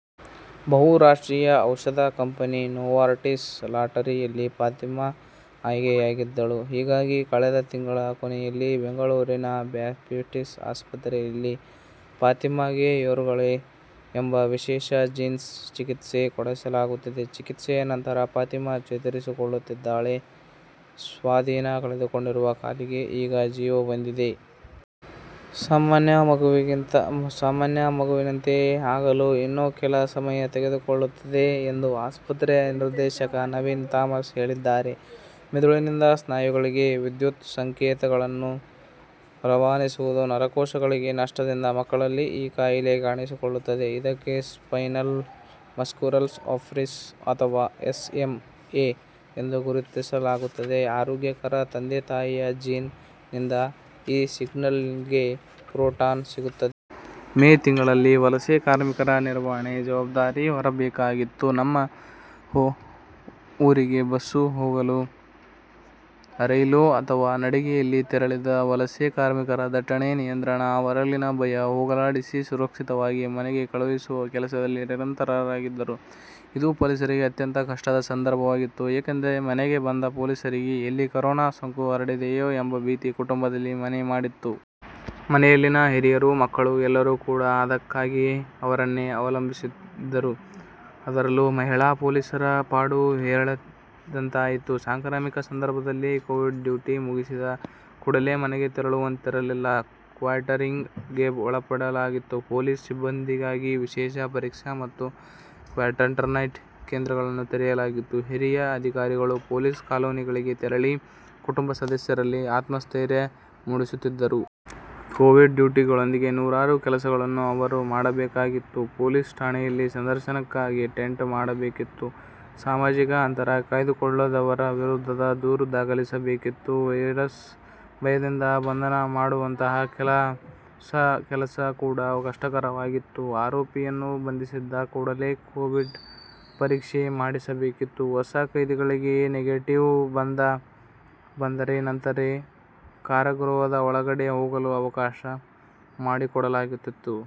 ಬಹು ರಾಷ್ಟ್ರೀಯ ಔಷದ ಕಂಪನಿ ನೋವಾರ್ಟಿಸ್ ನ ಲಾಟರಿಯಲ್ಲಿ ಫಾತಿಮಾ ಆಯ್ಕೆಯಾಗಿದ್ದಳು. ಹೀಗಾಗಿ ಕಳೆದ ತಿಂಗಳ ಕೊನೆಯಲ್ಲಿ ಬೆಂಗಳೂರಿನ ಬ್ಯಾಪ್ಟಿಸ್ಟ್ ಆಸ್ಪತ್ರೆಯಲ್ಲಿ ಫಾತಿಮಾಗೆ ಝೋಲ್ಗೆನ್ಶಾ ಎಂಬ ವಿಶೇಷ ಜೀನ್ ಚಿಕಿತ್ಸೆ ನಡೆಸಲಾಗಿತ್ತು. ಚಿಕಿತ್ಸೆಯ ನಂತರ ಫಾತಿಮಾ ಚೇತರಿಸಿಕೊಳ್ಳುತ್ತಿದ್ದಾಳೆ. ಸ್ವಾಧೀನ ಕಳೆದುಕೊಂಡಿದ್ದ ಕಾಲಿಗೆ ಈಗ ಜೀವ ಬಂದಿದೆ. ಸಾಮಾನ್ಯ ಮಗುವಿನಂತೆ ಆಗಲು ಇನ್ನೂ ಕೆಲ ಸಮಯ ತೆಗೆದುಕೊಳ್ಳುತ್ತೆದ ಎಂದು ಆಸ್ಪತ್ರೆಯ ನಿರ್ದೇಶಕ ನವೀನ್ ಥಾಮಸ್ ಹೇಳಿದ್ದಾರೆ. ಮೆದುಳಿನಿಂದ ಸ್ನಾಯುಗಳಿಗೆ ವಿದ್ಯುತ್ ಸಂಕೇತಗಳನ್ನು ರವಾನಿಸುವ ನರಕೋಶಗಳ ನಷ್ಟದಿಂದ ಮಕ್ಕಳಲ್ಲಿ ಈ ಕಾಯಿಲೆ ಕಾಣಿಸಿಕೊಳ್ಳುತ್ತದೆ. ಇದಕ್ಕೆ ಸ್ಪೈನಲ್ ಮಸ್ಕುಲರ್ ಅಟ್ರೋಫಿ ಅಥವಾ ಎಸ್ಎಂಎ ಎಂದು ಗುರುತಿಯಲಾಗುತ್ತದೆ. ಆರೋಗ್ಯಕರ ತಂದೆ-ತಾಯಿಯ ಜೀನ್ ನಿಂದ ಈ ಸಿಗ್ನಲಿಂಗ್ ಗೆ ಪ್ರೋಟೀನ್ ಸಿಗುತ್ತದೆ. ಮೇ ತಿಂಗಳಲ್ಲಿ ವಲಸೆ ಕಾರ್ಮಿಕರ ನಿರ್ವಹಣೆ ಜವಾಬ್ದಾರಿ ಹೊರಬೇಕಾಗಿತ್ತು. ತಮ್ಮ ಊರಿಗೆ ಹೋಗಲು ಬಸ್, ರೈಲು ಅಥವಾ ನಡಿಗೆಯಲ್ಲಿ ತೆರಳಿದ್ದ ವಲಸೆ ಕಾರ್ಮಿಕರ ದಟ್ಟಣೆ ನಿಯಂತ್ರಣ, ಅವರಲ್ಲಿನ ಭಯ ಹೋಗಲಾಡಿಸಿ, ಸುರಕ್ಷಿತವಾಗಿ ಮನೆಗೆ ಕಳುಹಿಸುವ ಕೆಲಸದಲ್ಲಿ ನಿರತರಾಗಿದ್ದರು. ಇದು ಪೊಲೀಸರಿಗೆ ಅತ್ಯಂತ ಕಷ್ಟದ ಸಂದರ್ಭವಾಗಿತ್ತು. ಏಕೆಂದರೆ ಮನೆಗೆ ಬಂದ ಪೊಲೀಸರಿಗೆ ಎಲ್ಲಿ ಕೊರೋನಾ ಸೋಂಕು ಹರಡಿದೆಯೋ ಎಂಬ ಭೀತಿ ಕುಟುಂಬದಲ್ಲಿ ಮನೆ ಮಾಡಿತ್ತು. ಮನೆಯಲ್ಲಿನ ಹಿರಿಯರು, ಮಕ್ಕಳು ಎಲ್ಲರೂ ಕೂಡಾ ಆದಾಯಕ್ಕಾಗಿ ಅವರನ್ನೇ ಅವಲಂಬಿಸಿದ್ದರು. ಅದರಲ್ಲೂ ಮಹಿಳಾ ಪೊಲೀಸರ ಪಾಡು ಹೇಳತೀರದಂತಾಗಿತ್ತು. ಸಾಂಕ್ರಾಮಿಕ ಸಂದರ್ಭದಲ್ಲಿ ಕೋವಿಡ್ ಡ್ಯೂಟಿ ಮುಗಿಸಿದ ಕೂಡಲೇ ಮನೆಗೆ ತೆರಳುವಂತಿರಲಿಲ್ಲ. ಕ್ವಾರಂಟೈನ್ ಗೆ ಒಳಪಡಬೇಕಾಗಿತ್ತು. ಪೊಲೀಸ್ ಸಿಬ್ಬಂದಿಗಾಗಿಯೇ ವಿಶೇಷ ಪರೀಕ್ಷೆ ಮತ್ತು ಕ್ವಾರಂಟೈನ್ ಕೇಂದ್ರಗಳನ್ನು ತೆರೆಯಲಾಗಿತ್ತು. ಹಿರಿಯ ಅಧಿಕಾರಿಗಳು ಪೊಲೀಸ್ ಕಾಲೋನಿಗಳಿಗೆ ತೆರಳಿ, ಕುಟುಂಬ ಸದಸ್ಯರಲ್ಲಿ ಆತ್ಮಸ್ಥೈರ್ಯ ಮೂಡಿಸುತ್ತಿದ್ದರು. ಕೋವಿಡ್ ಡ್ಯೂಟಿಯೊಂದಿಗೆ ನೂರಾರು ಕೆಲಸಗಳನ್ನು ಅವರು ಮಾಡಬೇಕಿತ್ತು. ಪೊಲೀಸ್ ಠಾಣೆಯಲ್ಲಿ ಸಂದರ್ಶನಕಾರರಿಗೆ ಟೆಂಟ್ ಮಾಡಬೇಕಿತ್ತು. ಸಾಮಾಜಿಕ ಅಂತರ ಕಾಯ್ದುಕೊಳ್ಳದವರ ವಿರುದ್ಧ ದೂರು ದಾಖಲಿಸಬೇಕಿತ್ತು. ವೈರಸ್ ಭಯದಿಂದ ಬಂಧನ ಮಾಡುವಂತಹ ಕೆಲಸ ಕೂಡಾ ಕಷ್ಟಕರವಾಗಿತ್ತು. ಆರೋಪಿಯನ್ನು ಬಂಧಿಸಿದ ಕೂಡಲೇ ಕೋವಿಡ್ ಪರೀಕ್ಷೆ ಮಾಡಿಸಬೇಕಿತ್ತು. ಹೊಸ ಖೈದಿಗಳಿಗೆ ನೆಗೆಟಿವ್ ಬಂದ ನಂತರವೇ ಕಾರಾಗೃಹದ ಒಳಗಡೆ ಹೋಗಲು ಅವಕಾಶ ಮಾಡಿಕೊಡಲಾಗುತಿತ್ತು.